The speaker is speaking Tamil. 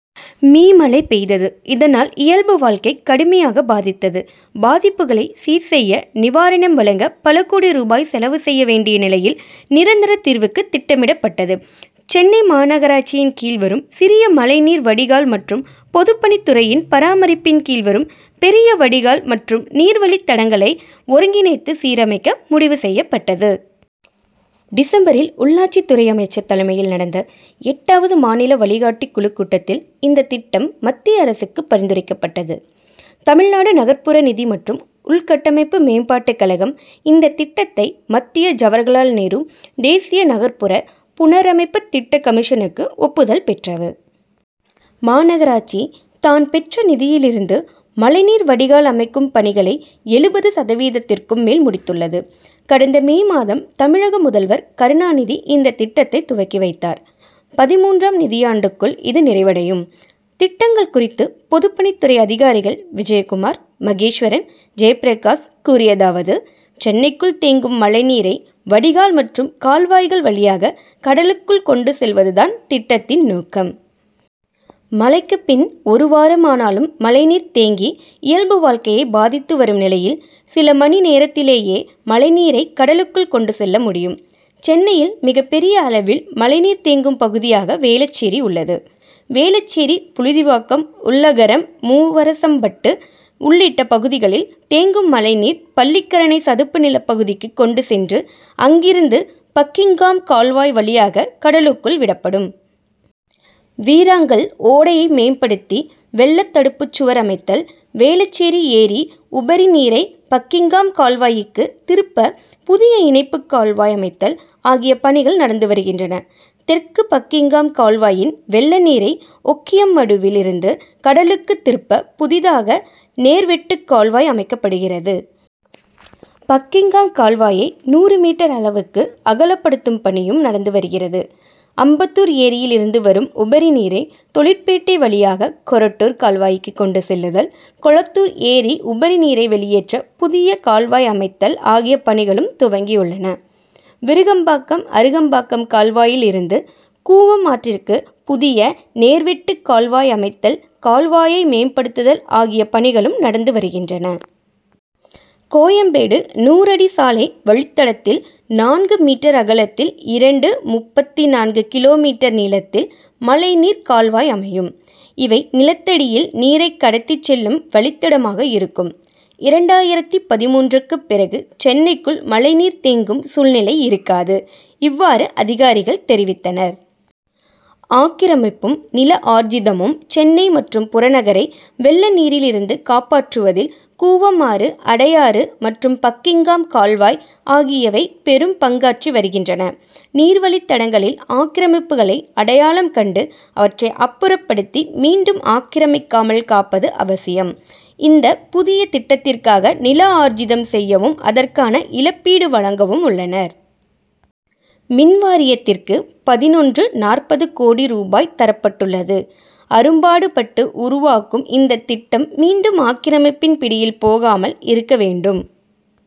மீ. மழை பெய்தது. இதனால் இயல்பு வாழ்க்கை கடுமையாக பாதித்தது. பாதிப்புகளை சீர் செய்ய நிவாரணம் வழங்க பல கோடி ரூபாய் செலவு செய்ய வேண்டிய நிலையில் நிரந்தர தீர்வுக்கு திட்டமிடப்பட்டது. சென்னை மாநகராட்சியின் கீழ் வரும் சிறிய மழைநீர் வடிகால் மற்றும் பொதுப்பணித் துறையின் பராமரிப்பின் கீழ் வரும் பெரிய வடிகால் மற்றும் நீர்வழித் தடங்களை ஒருங்கிணைத்து சீரமைக்க முடிவு செய்யப்பட்டது. டிசம்பரில் உள்ளாட்சி துறை அமைச்சர் தலைமையில் நடந்த எட்டாவது மாநில வழிகாட்டி குழுக் கூட்டத்தில் இந்தத் திட்டம் மத்திய அரசுக்கு பரிந்துரைக்கப்பட்டது. தமிழ்நாடு நகர்ப்புற நிதி மற்றும் உள்கட்டமைப்பு மேம்பாட்டுக் கழகம் இந்தத் திட்டத்தை மத்திய ஜவகர்லால் நேரு தேசிய நகர்ப்புற புனரமைப்பு திட்டக் கமிஷனுக்கு அனுப்பி ஒப்புதல் பெற்றது. மாநகராட்சி தான் பெற்ற நிதியில் இருந்து மழைநீர் வடிகால் அமைக்கும் பணிகளை எழுபது சதவீதத்திற்கும் மேல் முடித்துள்ளது. கடந்த மே மாதம் தமிழக முதல்வர் கருணாநிதி இந்த திட்டத்தை துவக்கி வைத்தார். பதிமூன்றாம் நிதியாண்டுக்குள் இது நிறைவடையும். திட்டங்கள் குறித்து பொதுப் பணித்துறை அதிகாரிகள் விஜயகுமார் மகேஸ்வரன் ஜெயபிரகாஷ் கூறியதாவது:சென்னைக்குள் தேங்கும் மழைநீரை வடிகால் மற்றும் கால்வாய்கள் வழியாக கடலுக்குள் கொண்டு செல்வது தான் திட்டத்தின் நோக்கம். மழைக்குப் பின் ஒரு வாரமானாலும் மழைநீர் தேங்கி இயல்பு வாழ்க்கையை பாதித்து வரும் நிலையில் சில மணி நேரத்திலேயே மழை நீரை கடலுக்குள் கொண்டு செல்ல முடியும். சென்னையில் மிகப் பெரிய அளவில் மழைநீர் தேங்கும் பகுதியாக வேளச்சேரி உள்ளது. வேளச்சேரி புழுதிவாக்கம் உள்ளகரம் மூவரசம்பட்டு உள்ளிட்ட பகுதிகளில் தேங்கும் மழைநீர் பள்ளிக்கரணை சதுப்பு நிலப்பகுதிக்கு கொண்டு சென்று அங்கிருந்து பக்கிங்காம் கால்வாய் வழியாக கடலுக்குள் விடப்படும். வீராங்கல் ஓடையை மேம்படுத்தி வெள்ளத் தடுப்புச் சுவர் அமைத்தல் வேளச்சேரி ஏரி உபரி நீரை பக்கிங்காம் கால்வாய்க்கு திருப்ப புதிய இணைப்புக் கால்வாய் அமைத்தல் ஆகிய பணிகள் நடந்து வருகின்றன. தெற்கு பக்கிங்காம் கால்வாயின் வெள்ள நீரை ஒக்கியம் மடுவில் இருந்து கடலுக்குத் திருப்ப புதிதாக நேர்வெட்டுக் கால்வாய் அமைக்கப்படுகிறது. பக்கிங்காம் கால்வாயை நூறு மீட்டர் அளவுக்கு அகலப்படுத்தும் பணியும் நடந்து வருகிறது. அம்பத்தூர் ஏரியில் இருந்து வரும் உபரி நீரை தொழிற்பேட்டை வழியாக கொரட்டூர் கால்வாய்க்கு கொண்டு செல்லுதல் கொளத்தூர் ஏரி உபரி நீரை வெளியேற்ற புதிய கால்வாய் அமைத்தல் ஆகிய பணிகளும் துவங்கியுள்ளன. விருகம்பாக்கம் அரும்பாக்கம் கால்வாயில் இருந்து கூவம் ஆற்றிற்கு புதிய நேர்வெட்டுக் கால்வாய் அமைத்தல் கால்வாயை மேம்படுத்துதல் ஆகிய பணிகளும் நடந்து வருகின்றன. கோயம்பேடு நூறடி சாலை வழித் தடத்தில் நான்கு மீட்டர் அகலத்தில் இரண்டு.முப்பத்து நான்கு கிலோ மீட்டர் நீளத்தில் மழைநீர் கால்வாய் அமையும். இவை நிலத்தடியில் நீரைக் கடத்திச் செல்லும் வழித்தடமாக இருக்கும். இரண்டாயிரத்து பதிமூன்றுக்குப் பிறகு சென்னைக்குள் மழை நீர் தேங்கும் சூழ்நிலை இருக்காது. இவ்வாறு அதிகாரிகள் தெரிவித்தனர். ஆக்கிரமிப்பும் நில ஆர்ஜிதமும்: சென்னை மற்றும் புறநகரை வெள்ள நீரில் இருந்து காப்பாற்றுவதில் கூவம் ஆறு அடையாறு மற்றும் பக்கிங்காம் கால்வாய் ஆகியவை பெரும் பங்காற்றி வருகின்றன. நீர்வழித் தடங்களில் ஆக்கிரமிப்புகளை அடையாளம் கண்டு அவற்றை அப்புறப்படுத்தி மீண்டும் ஆக்கிரமிக்காமல் காப்பது அவசியம். இந்த புதிய திட்டத்திற்காக நில ஆர்ஜிதம் செய்யவும் அதற்கான இழப்பீடு வழங்கவும் உள்ளனர். மின் வாரியத்திற்கு பதினொன்று.நாற்பது கோடி ரூபாய் தரப்பட்டுள்ளது. அரும்பாடுபட்டு உருவாக்கும் இந்த திட்டம் மீண்டும் ஆக்கிரமிப்பின் பிடியில் போகாமல் இருக்க வேண்டும்.